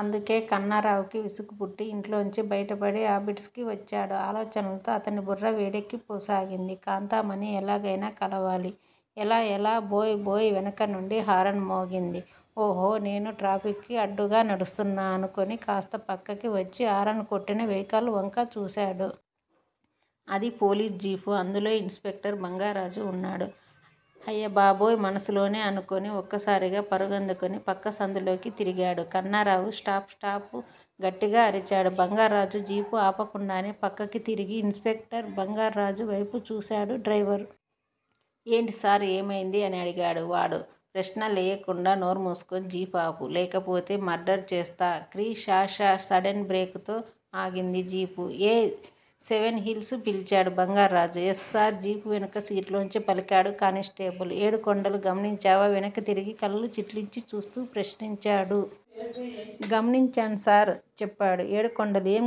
అందుకే కన్నరావుకి విసుగు పుట్టి యింట్లోంచి బయటపడి అబిడ్స్ కి వచ్చాడు. ఆలోచనలతో అతని బుర్ర వేడెక్కి పోసాగింది. కాంతామణి ఎలాగ్తెనా కలవాలి! ఎలా? ఎలా? ఎలా! బోయ్ బోయి వెనక నుండి హరన్ మోగింది. ఓహ్ నేను ట్రాఫిక్ కి అడ్డుగా నడుస్తున్నా అనుకుని కాస్త పక్కకి వచ్చి హరన్ కొట్టిన వెహికల్ వంక చూశాడు. అది పోలిస్ జిప్. అందులో ఇన్ స్పెక్టర్ బంగార్రాజు ఉన్నాడు. హయ్యబాబోయ్ మనసులోనే అనుకుని ఒక్కసారిగా పరుగందుకుని పక్క సందులోకి తిరిగాడు కన్నారావు. స్టాప్- స్టాప్ స్టాప్ గట్టిగా అరిచాడు బంగార్రాజు. జీపు ఆపకుండానే పక్కకి తిరిగి ఇన్స్ స్పెక్టర్ బంగార్ర్రాజు వ్తెపు చూశాడు డ్రైవరు. ఎంటిసార్? ఏమ్తెంది?? అని అడిగాడు వాడు. ప్రశ్నలేయ్యకుండా నోర్ముసుకుని జీపు ఆపు. లేకపోతే మర్డరు చేస్తా క్రి షషష సడెన్ బ్రేకుతో ఆగింది జీపు. ఏయ్ సెవెన్ హిల్స్! పిలిచాడు బంగార్రాజు. యస్ సార్ జీపు వెనక సీట్లోంచి పలికాడు కానిస్టేబులు ఏడుకొండలు. గమనించావా? వెనక్కి తిరిగి కళ్ళుచిట్లించి చూస్తూ ప్రశ్నించాడు. గమనించాను సార్ చెప్పాడు ఏడుకొండలు. ఏం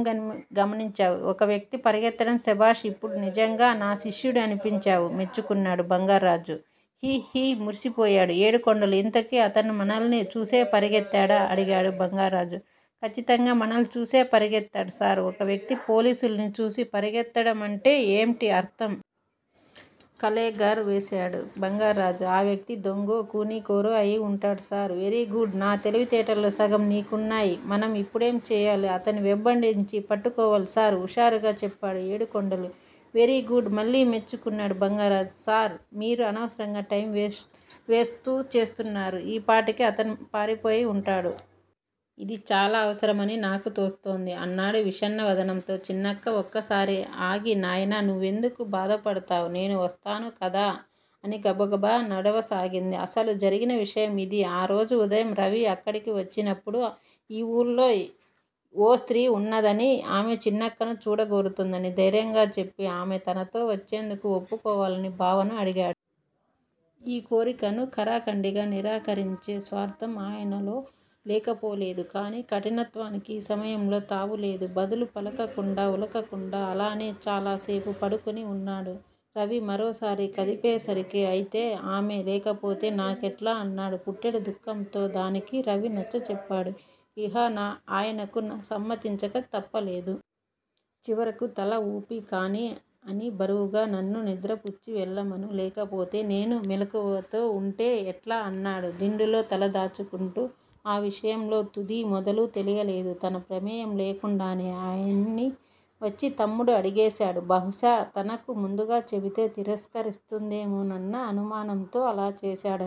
గమనించావ్? ఒక వ్యక్తి పరిగెత్తడం శభాష్ ఇప్పుడు నిజంగా నా శిష్యుడి వనిపించావ్ మెచ్చుకున్నాడు బంగార్రాజు. హిహిహి మురిసిపోయాడు ఏడుకొండలు. ఇంతకి అతను మనల్ని చూసే పరిగెత్తడా? అడిగాడు బంగార్రాజు. కచ్చితంగా మనల్ని చూసే పరిగెత్తాడు సార్ ఒక వ్యక్తి పోలిసుల్ని చూసి పరిగేత్తడంటే ఏంటి అర్ధం? కళ్ళేగర వేశాడు బంగార్రాజు. ఆ వ్యక్తి దొంగో, ఖూనికోరో అయి ఉంటాడు సార్ వెర్రి గుడ్ నా తెలివితేటల్లో సగం నికున్నాయి, మనం ఇప్పడేం చెయ్యాలి! అతన్ని వెంబడించి పట్టుకోవాలి సార్ హుషారుగా చెప్పాడు ఏడుకొండలు. వెర్రి గుడ్ మళ్ళి మెచ్చుకున్నాడు బంగార్రాజు. సార్! మీరు అనవసరంగా టైమ్ వేస్తూ చేస్తున్నారు, ఈపాటికి అతను పారిపోయే ఉంటాడు. ఇది చాలా అవసరమని నాకు తోస్తోంది అన్నాడు విషణ్ణ వదనంతో. చిన్నక్క ఒక్కసారి ఆగి నాయనా! నువ్వు ఎందుకు బాధపడతావు? నేను వస్తున్నాను కదా! అని గబగబా నడవసాగింది. అసలు జరిగిన విషయం ఇది. ఆరోజు ఉదయం రవి అక్కడికి వచ్చినప్పుడు ఈ ఊళ్ళో ఓ స్త్రీ వున్నదనీ, ఆమె చిన్నక్కను చూడగోరుతుందనీ ధైర్యంగా చెప్పి, ఆమె తనతో వచ్చేందుకు ఒప్పుకోవాలని బావను అడిగాడు. ఈ కోరికను ఖరాఖండిగా నిరాకరించే స్వార్ధం ఆయనలో లేకపోలేదు. కానీ కఠినత్వానికి ఈ సమయంలో తావులేదు. బదులు పలకకుండా, ఉలకకుండా అలానే చాలాసేపు పడుకుని వున్నాడు. రవి మరోసారి కదిపేసరికిఅయితే, ఆమె లేకపోతే నాకెట్లా? అన్నాడు పుట్టెడు దుఃఖంతో. దానికి రవి నచ్చజెప్పాడు. ఇహ ఆయనకు సమ్మతించక తప్పలేదు. చివరకు తల ఊపి కానీ అని బరువుగా నన్ను నిద్రపుచ్చి వెళ్ళమను. లేకపోతే నేను మెలకువతో వుంటే ఎట్లా? అన్నాడు దిండులో తల దాచుకుంటూ. ఆ విషయంలో తుదీ మొదలూ తెలియలేదు. తన ప్రమేయంలేకుండానే ఆయన్ని వచ్చి తమ్ముడు అడిగేశాడు. బహుశా తనకు ముందుగా చెబితే తిరస్కరిస్తుందేమోనన్న అనుమానంతో అలా చేశాడని